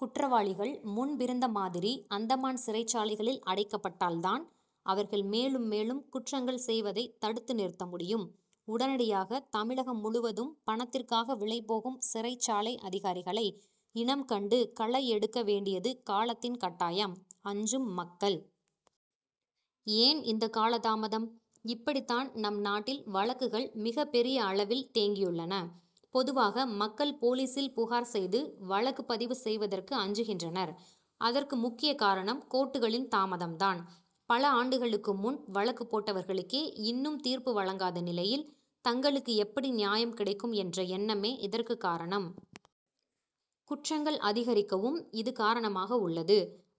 குற்றவாளிகள் முன்பிருந்த மாதிரி அந்தமான் சிறைச்சாலைகளில் அடைக்கப்பட்டால் தான் அவர்கள் மேலும் மேலும் குற்றங்கள் செய்வதை தடுத்து நிறுத்த முடியும். உடனடியாக தமிழகம் முழுவதும் பணத்திற்காக விலை போகும் சிறைச் சாலை அதிகாரிகளை இனம் கண்டு களை எடுக்க வேண்டியது காலத்தின் கட்டாயம். அஞ்சும் மக்கள்! ஏன் இந்த காலதாமதம்? இப்படி தான் நம் நாட்டில் வழக்குகள் மிகப் பெரிய அளவில் தேங்கியுள்ளன. பொதுவாக மக்கள் போலீசில் புகார் செய்து வழக்கு பதிவு செய்வதற்கு அஞ்சுகின்றனர். அதற்கு முக்கியக் காரணம் கோர்ட்டுகளின் தாமதம் தான். பல ஆண்டுகளுக்கு முன் வழக்கு போட்டவர்களுக்கே இன் னும் தீர்ப்பு வழங்காத நிலையில் தங்களுக்கு எப்படி நியாயம் கிடைக்கும் என்ற எண்ணமே இதற்கு காரணம். குற்றங்கள் அதிகரிக்கவும் இது காரணமாக உள்ளது.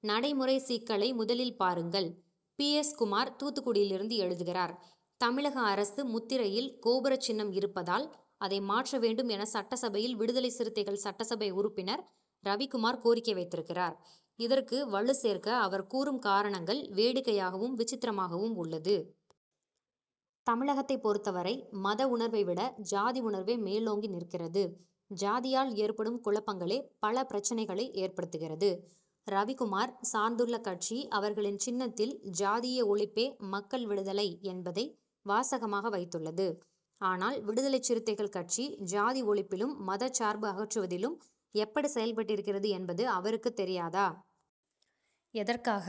நடைமுறை சிக்கலை முதலில் பாருங்கள்! பி. எஸ். குமார் தூத்துக்குடியிலிருந்து எழுதுகிறார் தமிழக அரசு முத்திரையில் கோபுரச் சின்னம் இருப்பதால் அதை மாற்ற வேண்டும் என சட்டசபையில் விடுதலைச் சிறுத்தைகள் சட்டசபை உறுப்பினர் ரவிக்குமார் கோரிக்கை வைத்திருக்கிறார். இதற்கு வலுசேர்க்க அவர் கூறும் காரணங்கள் வேடிக் கையாகவும் விசித்திரமாகவும் உள்ளது. தமிழகத்தைப் பொறுத்தவரை மத உணர் வை விட ஜாதி உணர்வே மேலோங்கி நிற்கிறது. ஜாதியால் ஏற்படும் குழப் பங்களே பல பிரச்னைகளை ஏற்படுத்துகிறது. ரவிக்குமார் சார்ந்துள்ள கட்சி அவர்களின் சின்னத்தில் ஜாதிய ஒழிப்பே மக்கள் விடுதலை என்பதை வாசகமாக வைத் துள்ளது. ஆனால் விடுதலைச் சிறுத்தைகள் கட்சி ஜாதி ஒழிப்பிலும் மதச்சார்பு அகற்றுவதிலும் எப்படி செயல்பட்டிருக்கிறது என்பது அவருக்கு தெரியாதா? எதற்காக?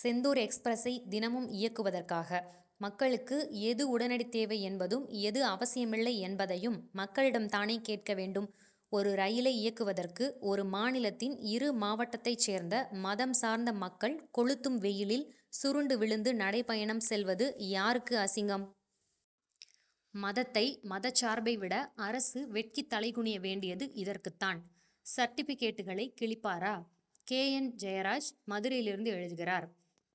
செந்தூர் எக்ஸ்பிரசை தினமும் இயக்குவதற்காக மக்களுக்கு எது உடனடித் தேவை என்பதும் எது அவசியமில்லை என்பதையும் மக்களிடம் தானே கேட்க வேண்டும். ஒரு ரயிலை இயக்குவதற்கு ஒரு மாநிலத்தின் இரு மாவட்டத்தைச் சேர்ந்த மதம் சார்ந்த மக்கள் கொளுத்தும் வெயிலில் சுருண்டு விழுந்து நடைபயணம் செல்வது யாருக்கு அசிங்கம்? மதத்தை மதச்சார்பை விட அரசு வெட்கித்தலைகுனிய வேண்டியது இதற்குத் தான். சர்டிபிகேட்டுகளை கிழிப்பாரா! கே. என். ஜெயராஜ் மதுரையிலிருந்து எழுதுகிறார்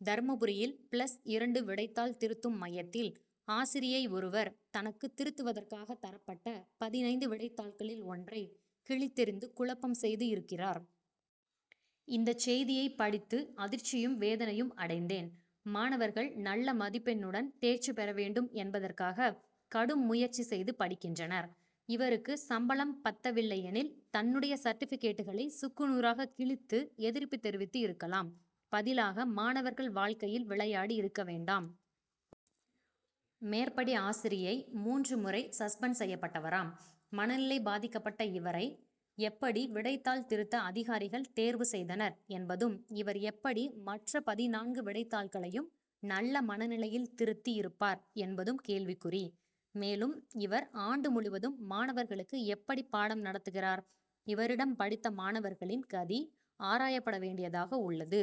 தர்மபுரியில் பிளஸ் இரண்டு விடைத்தாள் திருத்தும் மையத்தில் ஆசிரியை ஒருவர் தனக்கு திருத்துவதற்காக தரப்பட்ட பதினைந்து விடைத்தாள்களில் ஒன்றை கிழித்தெறிந்து குழப்பம் செய்து இருக்கிறார். இந்தச் செய்தியைப் படித்து அதிர்ச்சியும் வேதனையும் அடைந் தேன். மாணவர்கள் நல்ல மதிப்பெண்ணுடன் தேர்ச்சி பெற வேண்டும் என்பதற்காக கடும் முயற்சி செய்து படிக்கின்றனர். இவருக்கு சம்பளம் பத்தவில்லை எனில் தன்னுடைய சர்டிபிகேட்டுகளை சுக்கு நூறாக கிழித்து எதிர்ப்பு தெரிவித்து இருக்கலாம். பதிலாக மாணவர்கள் வாழ்க்கையில் விளையாடி இருக்க வேண்டாம். மேற்படி ஆசிரியை மூன்று முறை சஸ்பெண்ட் செய்யப்பட்டவராம் மனநிலை பாதிக்கப்பட்ட இவரை எப்படி விடைத் தாள் திருத்த அதிகாரிகள் தேர்வு செய்தனர் என்பதும் இவர் எப்படி மற்ற பதினான்கு விடைத்தாள்களையும் நல்ல மனநிலையில் திருத்தி இருப்பார் என்பதும் கேள்விக்குறி. மேலும் இவர் ஆண்டு முழுவதும் மாணவர்களுக்கு எப்படி பாடம் நடத்துகிறார்? இவரிடம் படித்த மாணவர்களின் கதி ஆராயப்பட வேண்டியதாக உள்ளது!